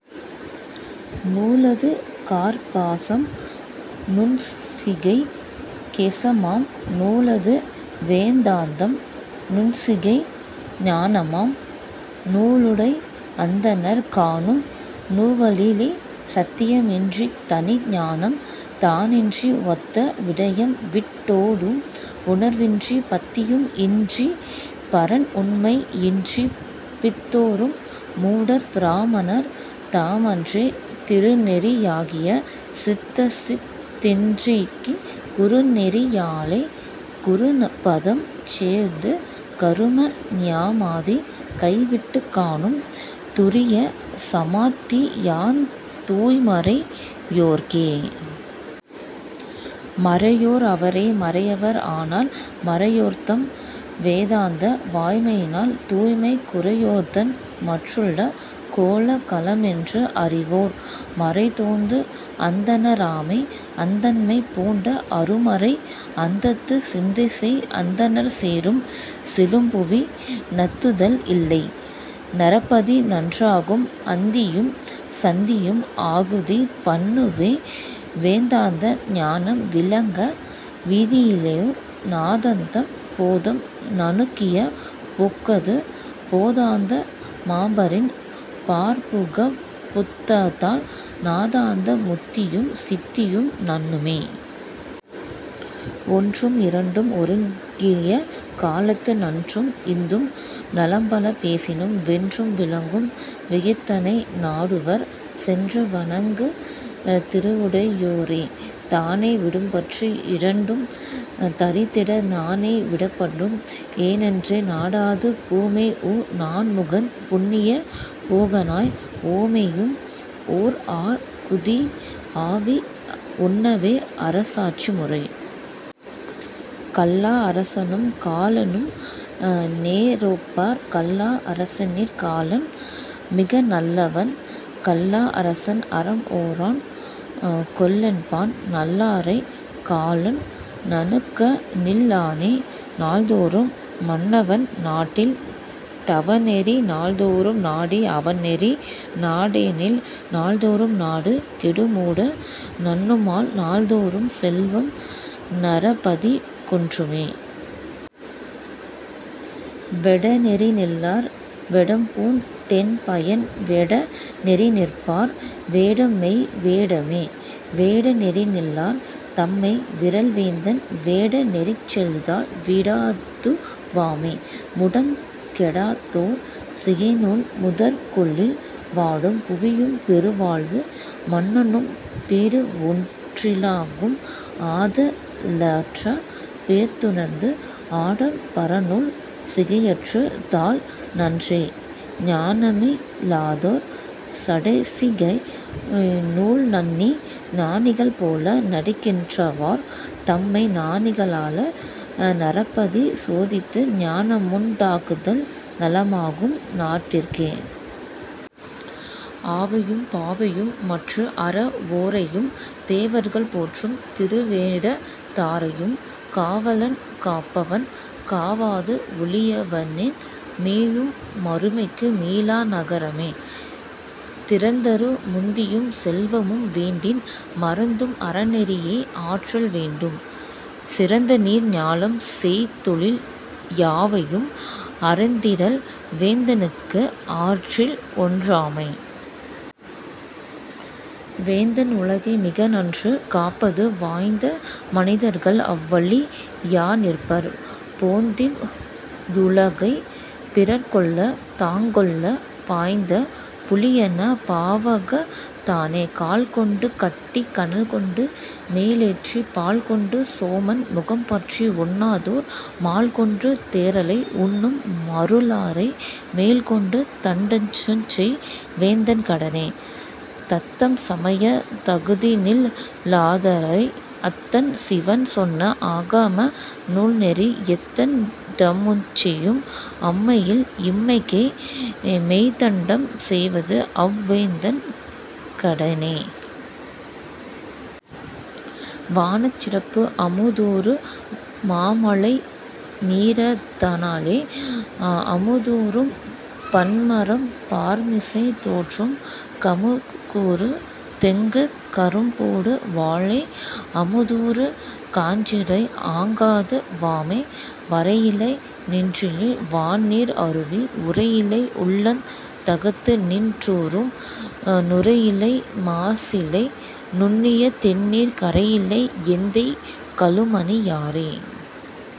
நூலது கார்ப்பாசம் நுண்சிகை கேசமாம் நூலது வேதாந்தம் நுண்சிகை ஞானமாம் நூலுடை அந்தணர் காணும் நுவலிலே. சத்தியம் இன்றித் தனிஞானம் தானின்றி ஒத்த விடயம்விட் டோ டும் உணர்வின்றிப் பத்தியும் இன்றிப் பரன் உண்மை யின்றிப் பித்தேறும் மூடர் பிராமணர் தாமன்றே. திருநெறி யாகிய சித்தசித் தின்றிக் குருநெறி யாலே குருபதம் சேர்ந்து கரும நியமாதி கைவிட்டுக் காணும் துரிய சமாதியாந் தூய்மறை யோர்க்கே. மறையோர் அவரே மறையவர் ஆனால் மறையோர்தம் வேதாந்த வாய்மையினால் தூய்மை குறையோர்தன் மற்றுள்ள கோலா கலமென்று அறிவோர் மறைதொந்து அந்தண ராமே. அந்தண்மை பூண்ட அருமறை அந்தத்துச் சிந்தைசெய் அந்தணர் சேரும் செழும்புவி நந்துதல் இல்லை நரபதி நன்றாகும் அந்தியும் சந்தியும் ஆகுதி பண்ணுமே. வேதாந்த ஞானம் விளங்க விதியிலோர் நாதாந்த போதம் நணுகிய போக்கது போதாந்த மாம்பரன் பாற்புகப் புக்கதால் நாதாந்த முத்தியும் சித்தியும் நண்ணுமே. ஒன்றும் இரண்டும் ஒருங்கிய காலத்து நன்றும் இருந்தும் நலம்பல பேசினும் வென்று விளங்கும் விகிர்தனை நாடுவர் சென்று வணங்குந் திருவுடை யோரே. தானே விடும்பற்று இரண்டும் தரித்திட நானே விடப்படும் ஏதொன்றை நாடாது பூமேவு நான்முகன் புண்ணிய போகனாய் ஓமேவும் ஓர்ஆ குதிஆவி உண்ணவே... அரசாட்சி முறை.. கல்லா அரசனும் காலனும் நேரொப்பர் கல்லா அரசனிற் காலன் மிகநல்லவன் கல்லா அரசன் அறம் ஓரான் கொல்லென்பான் நல்லாரைக் காலன் நணுகநில் லானே. நாள்தோறும் மன்னவன் நாட்டில் தவநெறி நாள்தோறும் நாடி அவன்நெறி நாடானேல் நாள்தோறும் நாடு கெடுமூட நண்ணுமால் நாள்தோறும் செல்வம் நரபதி குன்றுமே. வெட நெறிநில்லார் வெடம்பூண் டென்பயன் வெட நெறிநிற்பார் வேடம்மெய் வேடமே வேட நெறிநில்லார் தம்மை விறல்வேந்தன் வேட நெறிசெய்தால் வீடது வாமே. மூடங் கெடாதோர் சிகைநூல் முதற்கொள்ளில் வாடும் புவியும் பெருவாழ்வு மன்னனும் பீடுஒன் றிலனாகும் ஆதலாற் பேர்த்துணர்ந்து ஆடம் பரநூல் சிகையறுத் தால்நன்றே. ஞானமி லாதார் சடைசிகை நூல்நண்ணி ஞானிகள் போல நடிக்கின் றவர் தம்மை ஞானிக ளாலே நரபதி சோதித்து ஞானமுண் டாக்குதல் நலமாகும் நாட்டிற்கே. ஆவையும் பாவையும் மற்றுஅற வோரையும் தேவர்கள் போற்றும் திருவேடத் தாரையும் காவலன் காப்பவன் காவாது ஒழிவனேல் மேவும் மறுமைக்கு மீளா நரகமே. திறந்தரு முத்தியும் செல்வமும் வேண்டின் மறந்தும் அறநெறி யேஆற்றல் வேண்டும் சிறந்தநீர் ஞாலம் செய்தொழில் யாவையும் அறைந்திடில் வேந்தனுக்கு ஆறில் ஒன் றாமே. வேந்தன் உலகை மிகநன்று காப்பது வாய்ந்த மனிதர்கள் அவ்வழி யாநிற்பர் போந்திவ் வுலகைப் பிறர்க்கொள்ளத் தாங்கொள்ளப் பாய்ந்த புலியன்ன பாவகத் தானே. கால்கொண்டு கட்டிக் கனல்கொண்டு மேலேற்றிப் பால்கொண்டு சோமன் முகம்பற்றி உண்ணாதோர் மால்கொண்டு தேறலை உண்ணும் மருளரை மேல்கொண்டு தண்டஞ்செய் வேந்தன் கடனே. தத்தம்சமயத் தகுதிநில் லாதாரை அத்தன் சிவன் சொன்ன ஆகம நூல்நெறி எத்தண் டமுஞ்செயும் அம்மையில் இம்மைக்கே மெய்த்தண்டம் செய்வதுஅவ் வேந்தன் கடனே... வானச் சிறப்பு அமுதூறு மாமழை நீரத னாலே அமுதூறும் பன்மரம் பார்மிசை தோற்றும் கமுகூறு தெங்கு கரும்பொடு வாழை அமுதூறுங் காஞ்சிரை ஆங்கது வாமே. வரையிடை நின்றிழி வான்நீர் அருவி உரையில்லை உள்ளத் தகத்துநின் றூறும் நுரையில்லை மாசில்லை நுண்ணிய தெண்ணீர் கரையில்லை எந்தை கழுமணி யாறே...